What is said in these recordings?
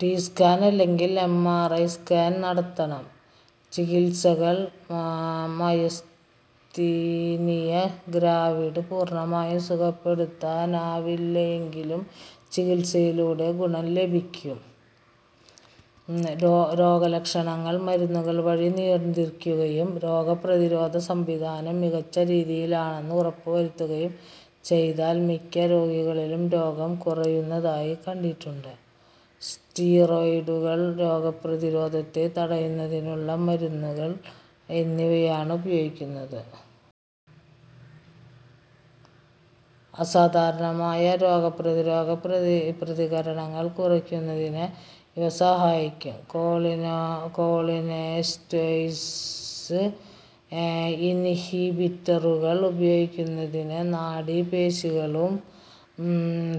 T. Scan അല്ലെങ്കിൽ, M. R. I. Scan നടത്തണം. ചികിത്സകൾ മയസ്തീനിയ ഗ്രാവിസ് പൂർണമായും സുഖപ്പെടുത്താനാവില്ലെങ്കിലും ചികിത്സയിലൂടെ ഗുണം ലഭിക്കും. രോഗലക്ഷണങ്ങൾ മരുന്നുകൾ വഴി നിയന്ത്രിക്കുകയും രോഗപ്രതിരോധ സംവിധാനം മികച്ച രീതിയിലാണെന്ന് ഉറപ്പുവരുത്തുകയും ചെയ്താൽ മിക്ക രോഗികളിലും രോഗം കുറയുന്നതായി കണ്ടിട്ടുണ്ട്. സ്റ്റിറോയ്ഡുകൾ, രോഗപ്രതിരോധത്തെ തടയുന്നതിനുള്ള മരുന്നുകൾ എന്നിവയാണ് ഉപയോഗുന്നത്. അസാധാരണമായ രോഗപ്രതിരോധ പ്രതികരണങ്ങൾ കുറയ്ക്കുന്നതിന് ഇവ സഹായിക്കും. കോളിനെസ്റ്റേയ്സ് ഇൻഹിബിറ്ററുകൾ ഉപയോഗിക്കുന്നത് നാഡികളും പേശികളും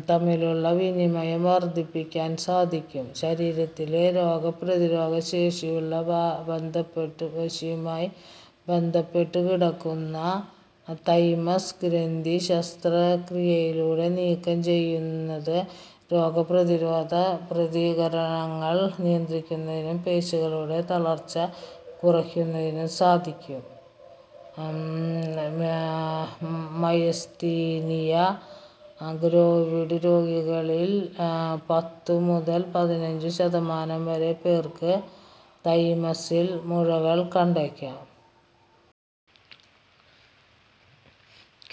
തമ്മിലുള്ള വിനിമയം വർധിപ്പിക്കാൻ സഹായിക്കും. ശരീരത്തിലെ രോഗപ്രതിരോധ ശേഷിയുമായി ബന്ധപ്പെട്ടു കിടക്കുന്ന 'തൈമസ് ഗ്രന്ഥി'ശസ്ത്രക്രിയയിലൂടെ നീക്കം ചെയ്യുന്നത് രോഗപ്രതിരോധ പ്രതികരണങ്ങൾ നിയന്ത്രിക്കുന്നതിനും പേശികളുടെ തളർച്ച കുറയ്ക്കുന്നതിനും സാധിക്കും. മയസ്തീനിയ ഗ്രാവിസ് രോഗികളിൽ പത്തു മുതൽ പതിനഞ്ചു ശതമാനം വരെ പേർക്ക് തൈമസിൽ മുഴകൾ കണ്ടേക്കാം.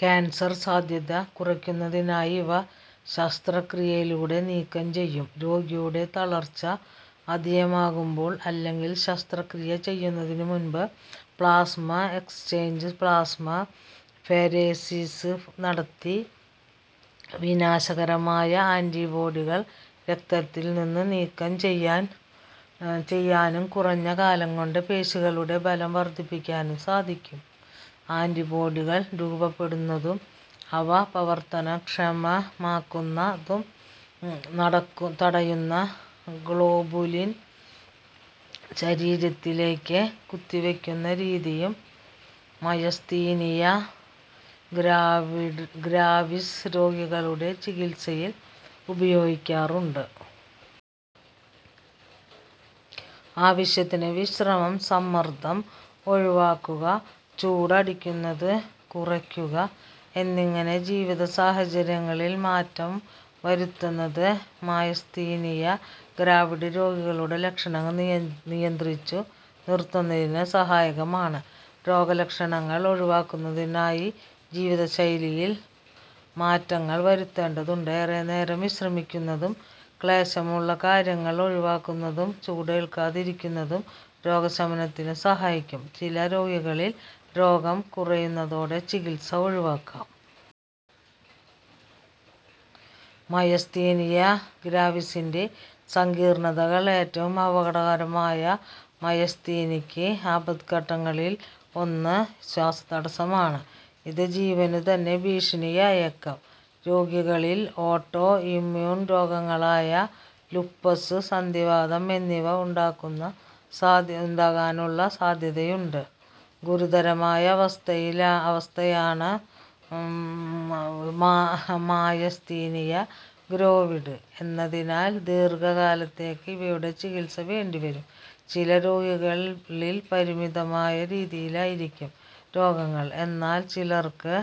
കാൻസർ സാധ്യത കുറയ്ക്കുന്നതിനായി ഇവ ശസ്ത്രക്രിയയിലൂടെ നീക്കം ചെയ്യും. രോഗിയുടെ തളർച്ച അധികമാകുമ്പോൾ അല്ലെങ്കിൽ, ശസ്ത്രക്രിയ ചെയ്യുന്നതിനു മുമ്പ് പ്ലാസ്മ എക്സ്ചേഞ്ച് പ്ലാസ്മ ഫെരേസിസ് നടത്തി വിനാശകരമായ ആന്റിബോഡികൾ രക്തത്തിൽനിന്ന് നീക്കം ചെയ്യാനും കുറഞ്ഞ കാലംകൊണ്ട് പേശികളുടെ ബലം വർധിപ്പിക്കാനും സാധിക്കും. ആന്റിബോഡികൾ രൂപപ്പെടുന്നതും അവ പ്രവർത്തനക്ഷമമാകുന്നതും തടയുന്ന ഗ്ലോബുലിൻ ശരീരത്തിലേക്ക് കുത്തിവയ്ക്കുന്ന രീതിയും മയസ്തീനിയ ഗ്രാവിസ് രോഗികളുടെ ചികിത്സയിൽ ഉപയോഗിക്കാറുണ്ട്. ആവശ്യത്തിന് വിശ്രമം, സമ്മർദം ഒഴിവാക്കുക, ചൂട് അടിക്കുന്നത് കുറയ്ക്കുക എന്നിങ്ങനെ ജീവിത സാഹചര്യങ്ങളിൽ മാറ്റം വരുത്തുന്നത് മയസ്തീനിയ ഗ്രാവിസ് രോഗികളുടെ ലക്ഷണങ്ങൾ നിയന്ത്രിച്ചു നിർത്തുന്നതിന് സഹായകമാണ്. രോഗലക്ഷണങ്ങൾ ഒഴിവാക്കുന്നതിനായി ജീവിതശൈലിയിൽ മാറ്റങ്ങൾ വരുത്തേണ്ടതുണ്ട്. ഏറെനേരം വിശ്രമിക്കുന്നതും ക്ലേശമുള്ള കാര്യങ്ങൾ ഒഴിവാക്കുന്നതും ചൂടേൽക്കാതിരിക്കുന്നതും രോഗശമനത്തിന് സഹായിക്കും. ചില രോഗികളിൽ രോഗം കുറയുന്നതോടെ ചികിത്സ ഒഴിവാക്കാം. മയസ്തീനിയ ഗ്രാവിസിന്റെ സങ്കീർണതകൾ ഏറ്റവും അപകടകരമായ മയസ്തീനിക് ആപത്ഘട്ടങ്ങളിൽ ഒന്ന് ശ്വാസതടസ്സമാണ്. ഇത് ജീവനുതന്നെ ഭീഷണിയായേക്കാം. രോഗികളിൽ ഓട്ടോ ഇമ്യൂൺ രോഗങ്ങളായ ലൂപ്പസ്, സന്ധിവാതം എന്നിവ ഉണ്ടാകാനുള്ള സാധ്യതയുണ്ട്. ഗുരുതരമായ അവസ്ഥയാണ് മയസ്തീനിയ ഗ്രാവിസ് എന്നതിനാൽ ദീർഘകാലത്തേക്ക് ഇവയുടെ ചികിത്സ വേണ്ടിവരും. ചില രോഗികളിൽ പരിമിതമായ രീതിയിലായിരിക്കും രോഗലക്ഷണങ്ങൾ, എന്നാൽ, ചിലർക്ക്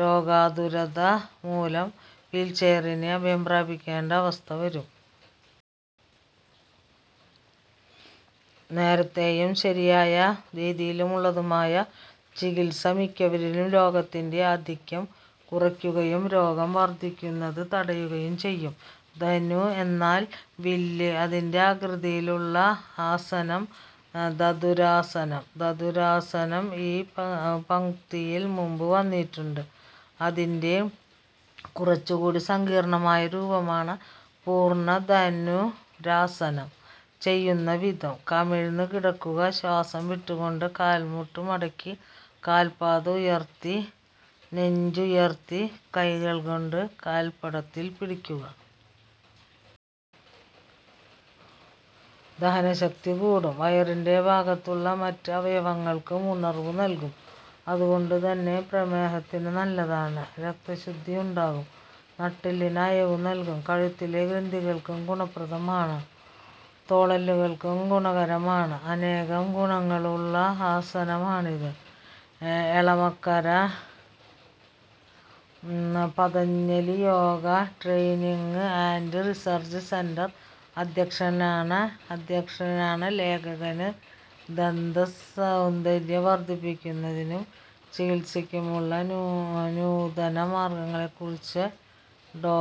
രോഗാതുരത മൂലം വീൽച്ചെയറിനെ അഭയം പ്രാപിക്കേണ്ട അവസ്ഥ വരും. നേരത്തെയും ശരിയായ രീതിയിലുള്ളതുമായ ചികിത്സ മിക്കവരിലും രോഗത്തിന്റെ ആധിക്യം കുറയ്ക്കുകയും രോഗം വർധിക്കുന്നത് തടയുകയും ചെയ്യും. ധനു എന്നാൽ വില്ല്. അതിന്റെ ആകൃതിയിലുള്ള ആസനം ധനുരാസനം. ധനുരാസനം ഈ പംക്തിയിൽ മുമ്പ് വന്നിട്ടുണ്ട്. അതിന്റെ കുറച്ചുകൂടി സങ്കീർണമായ രൂപമാണ് പൂർണ ധനുരാസനം. ചെയ്യുന്നവിധം:കമിഴ്ന്ന് കിടക്കുക, ശ്വാസം വിട്ടുകൊണ്ട് കാൽമുട്ടു മടക്കി, കാൽപ്പാദം ഉയർത്തി, നെഞ്ചുയർത്തി കൈകൾകൊണ്ട് കാൽപ്പടത്തിൽ പിടിക്കുക. ദഹനശക്തി കൂടും. വയറിന്റെ ഭാഗത്തുള്ള മറ്റ് അവയവങ്ങൾക്കും ഉണർവു നൽകും. അതുകൊണ്ടുതന്നെ, പ്രമേഹത്തിന് നല്ലതാണ്. രക്തശുദ്ധിയുണ്ടാകും. നട്ടെല്ലിന് അയവു നൽകും. കഴുത്തിലെ ഗ്രന്ഥികൾക്കും ഗുണപ്രദമാണ്. തോളെല്ലുകൾക്കും ഗുണകരമാണ്. അനേകം ഗുണങ്ങളുള്ള ആസനമാണിത്. Elamakkara Patanjali yoga training and research centre അധ്യക്ഷനാണ് ലേഖകന്. ദന്ത സൗന്ദര്യംവര്ധിപ്പിക്കുന്നതിനും ചികിത്സയ്ക്കുമുള്ള നൂതന മാര്ഗങ്ങളെക്കുറിച്ച് ഡോ.